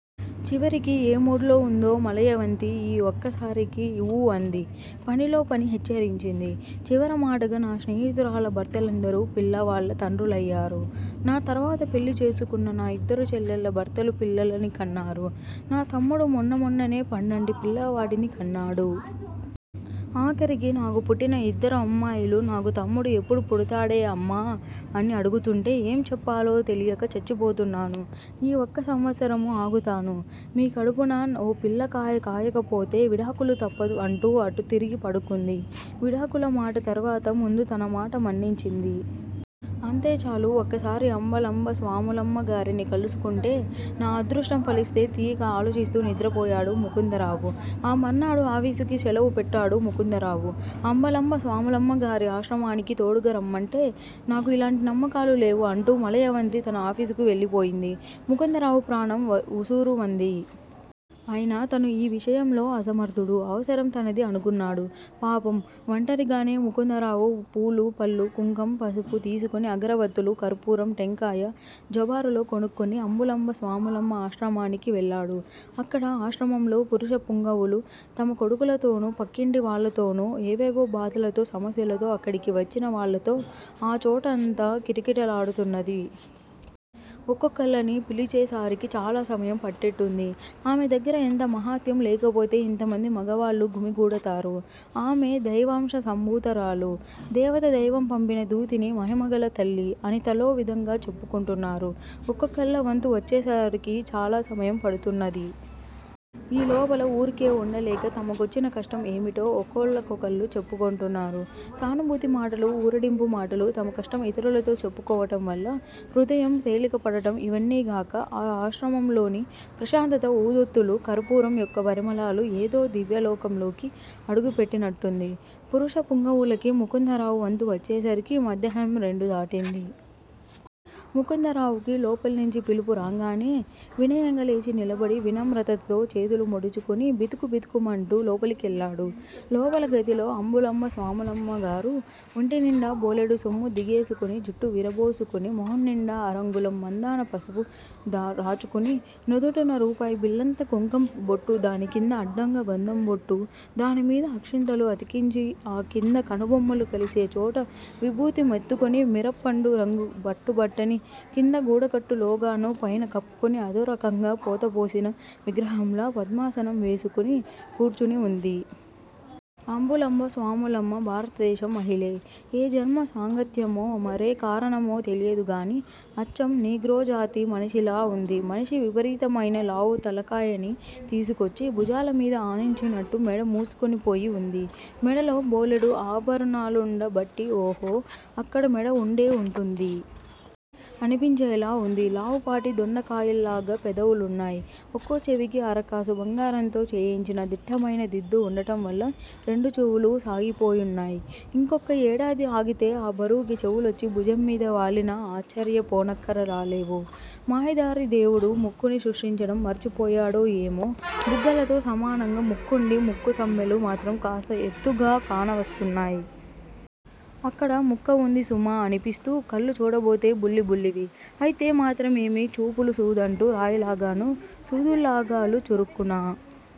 చివరికి ఏ మూడ్ లో వుందో మలయవంతి ఈ వక్కసారికి ఊ అంది పనిలో పని హెచ్చరించింది. చివర మాటగ నా స్నేహితురాళ్ళ భర్తలందరూ పిల్లవాళ్ళ తండ్రులయారు, నా తర్వాత పెళ్ళి చేసుకున్న నా ఇద్దరు చెల్లెళ్ళ భర్తలు పిల్లలని కన్నారు. నా తమ్ముడు మొన్న మొన్ననే పండంటి పిల్లవాడిని కన్నాడు. ఆఖరికి నాకు పుట్టిన ఇద్దరు అమ్మాయిలు నాకు తమ్ముడు ఎప్పుడు పుడతాడేఅమ్మా అని అడుగుతుంటే ఏం చెప్పాలో తెలియక చచ్చిపోతున్నాను. ఈ వక్క సంవత్సరము ఆగుతాను. మీ కడుపునా ఓ పిల్లకాయ కాయకపోతే విడాకులు తప్పదు అంటూ అటు తిరిగి పడుకుంది. విడాకుల మాట తర్వాత ముందు తన మాట మన్నించింది. అంతే చాలు. వక్కసారి అంబలంబ స్వాములమ్మగారిని కల్సుకుంటే నా అదృష్టం ఫలిస్తే తీయగ ఆలోచిస్తూ నిద్రపోయాడు ముకుందరావు. ఆ మర్నాడు ఆఫీసుకి శెలవు పెట్టాడు ముకుందరావు. అంబలంబ స్వాములమ్మగారి ఆశ్రమానికి తోడుగరమ్మంటే నాకు ఇలాంటి నమ్మకాలు లేవు అంటూ మలయవంతి తన ఆఫీసుకి వెళ్ళిపోయింది. ముకుందరావు ప్రాణం వుసూరుమంది. అయినా తను యీ విషయంలో అసమర్ధుడు. అవసరం తనది అనుకున్నాడు. పాపం వంటరిగానే ముకుందరావు పూలు పళ్ళు కుంకం పసుపు తీసుకుని అగరవత్తులు కర్పూరం టెంకాయ జబారులో కొనుక్కుని అంబులంబ స్వాములమ్మ ఆశ్రమానికి వెళ్ళాడు. అక్కడ. ఆశ్రమంలో పురుష పుంగవులు తమ కొడుకులతోను పక్కింటి వాళ్ళతోనూ ఏవేవో బాధలతో సమస్యలతో అక్కడికి వచ్చిన వాళ్ళతో ఆచోటఅంత కిటకిటలాడుతున్నది. ఒక్కొక్కళ్ళని పిలిచే సారికి చాలా సమయం పట్టేట్టుంది. ఆమె దగ్గర ఎంత మహాత్యం లేకపోతే ఇంతమంది మగవాళ్ళు గుమి గూడతారు. ఆమె దైవాంశ సంభూతురాలు దేవత దైవం పంపిన దూతిణి మహిమగల తల్లి. అని తలో విధంగ చెప్పుకుంటున్నారు. ఒక్కొక్కళ్ళ వంతు వచ్చేసారికి చాలా సమయం పడుతున్నది. యీ లోపల ఊరికే ఉండలేక తమకొచ్చిన కష్టం ఏమిటో ఒక్కోళ్ళకొకళ్ళు చెప్పుకొంటున్నారు. సానుభూతి మాటలు, ఊరడింపుమాటలు, తమకష్టం ఇతరులతో చెప్పుకోవటం వల్ల హృదయం తేలిక పడటం ఇవన్నీగాక ఆ ఆశ్రమంలోని ప్రశాంతత ఊదొత్తులు, కర్పూరం యొక్క పరిమళాలు ఏదో దివ్యలోకంలోకి అడుగుపెట్టినట్టుంది. పురుష పుంగవులకి. ముకుందరావు వంతు వచ్చేసరికి మధ్యాహ్నం రెండు దాటింది. ముకుందరావుకి లోపల్నించి పిలుపు రాంగానే వినయంగ లేచి నిలబడి వినమ్రతతో చేతులు ముడుచుకుని బితుకు బితుకుమంటు లోపలికెళ్ళాడు. లోపల గదిలో అంబులంబ స్వాములమ్మగారు ఒంటి నిండా బోలెడు సొమ్ము దిగేసుకొని జుట్టు విరబోసుకుని మొహంనిండా అరంగుళం మందాన పసుపు రాచుకుని నుదుటన రూపాయి బిళ్ళంత కుంకం బొట్టు దానికింద అడ్డంగ గంధంబొట్టు దానిమీద అక్షింతలు అతికించి ఆ కింద కనుబొమ్మలు కలిసేచోట విభూతి మెత్తుకొని మిరప్పండు రంగు పట్టుబట్టని కింద గూడకట్టు లోగాను పైన కప్పుకుని అదోరకంగ పోతపోసిన విగ్రహంలా పద్మాసనం వేసుకుని కూర్చుని వుంది. అంబులంబ స్వాములమ్మ భారతదేశం మహిళే. ఏ జన్మ సాంగత్యమో మరే కారణమో తెలియదుగాని అచ్చం నీగ్రోజాతి మనిషిలా ఉంది మనిషి విపరీతమైన లావు తల కాయని తీసుకొచ్చి భుజాల మీద ఆనించినట్టు మెడ మూసుకొని పోయి వుంది. మెడలో బోలెడు ఆభరణాలుండ బట్టి ఓహో! అక్కడ మెడ ఉండే వుంటుంది. అనిపించేలా ఉంది. లావుపాటి దొండకాయల్లాగ పెదవులున్నాయ్. ఒక్కోచెవికి అరకాసు బంగారంతో చేయించిన దిట్టమైన దిద్దు ఉండటం వల్ల రెండు చెవులూ సాగిపోయున్నాయ్. ఇంకొక్క ఏడాది ఆగితే ఆ బరువుకి చెవులొచ్చి భుజం మీద వాలినా ఆశ్చర్యపోనక్కరాలేవు. మాయదారి దేవుడు! ముక్కుని సృష్టించడం మర్చిపోయాడో ఏమో! బుగ్గలతో సమానంగ ముక్కుండి ముక్కు తమ్మెలు మాత్రం కాస్త ఎత్తుగా కానవస్తున్నాయ్. అక్కడ ముక్క వుంది సుమా అనిపిస్తూ. కళ్ళు చూడబోతే బుల్లి బుల్లివి. అయితే మాత్రమేమి? చూపులు సూదంటు రాయిలాగాను, సూదుల్లాగాలు చురుక్కున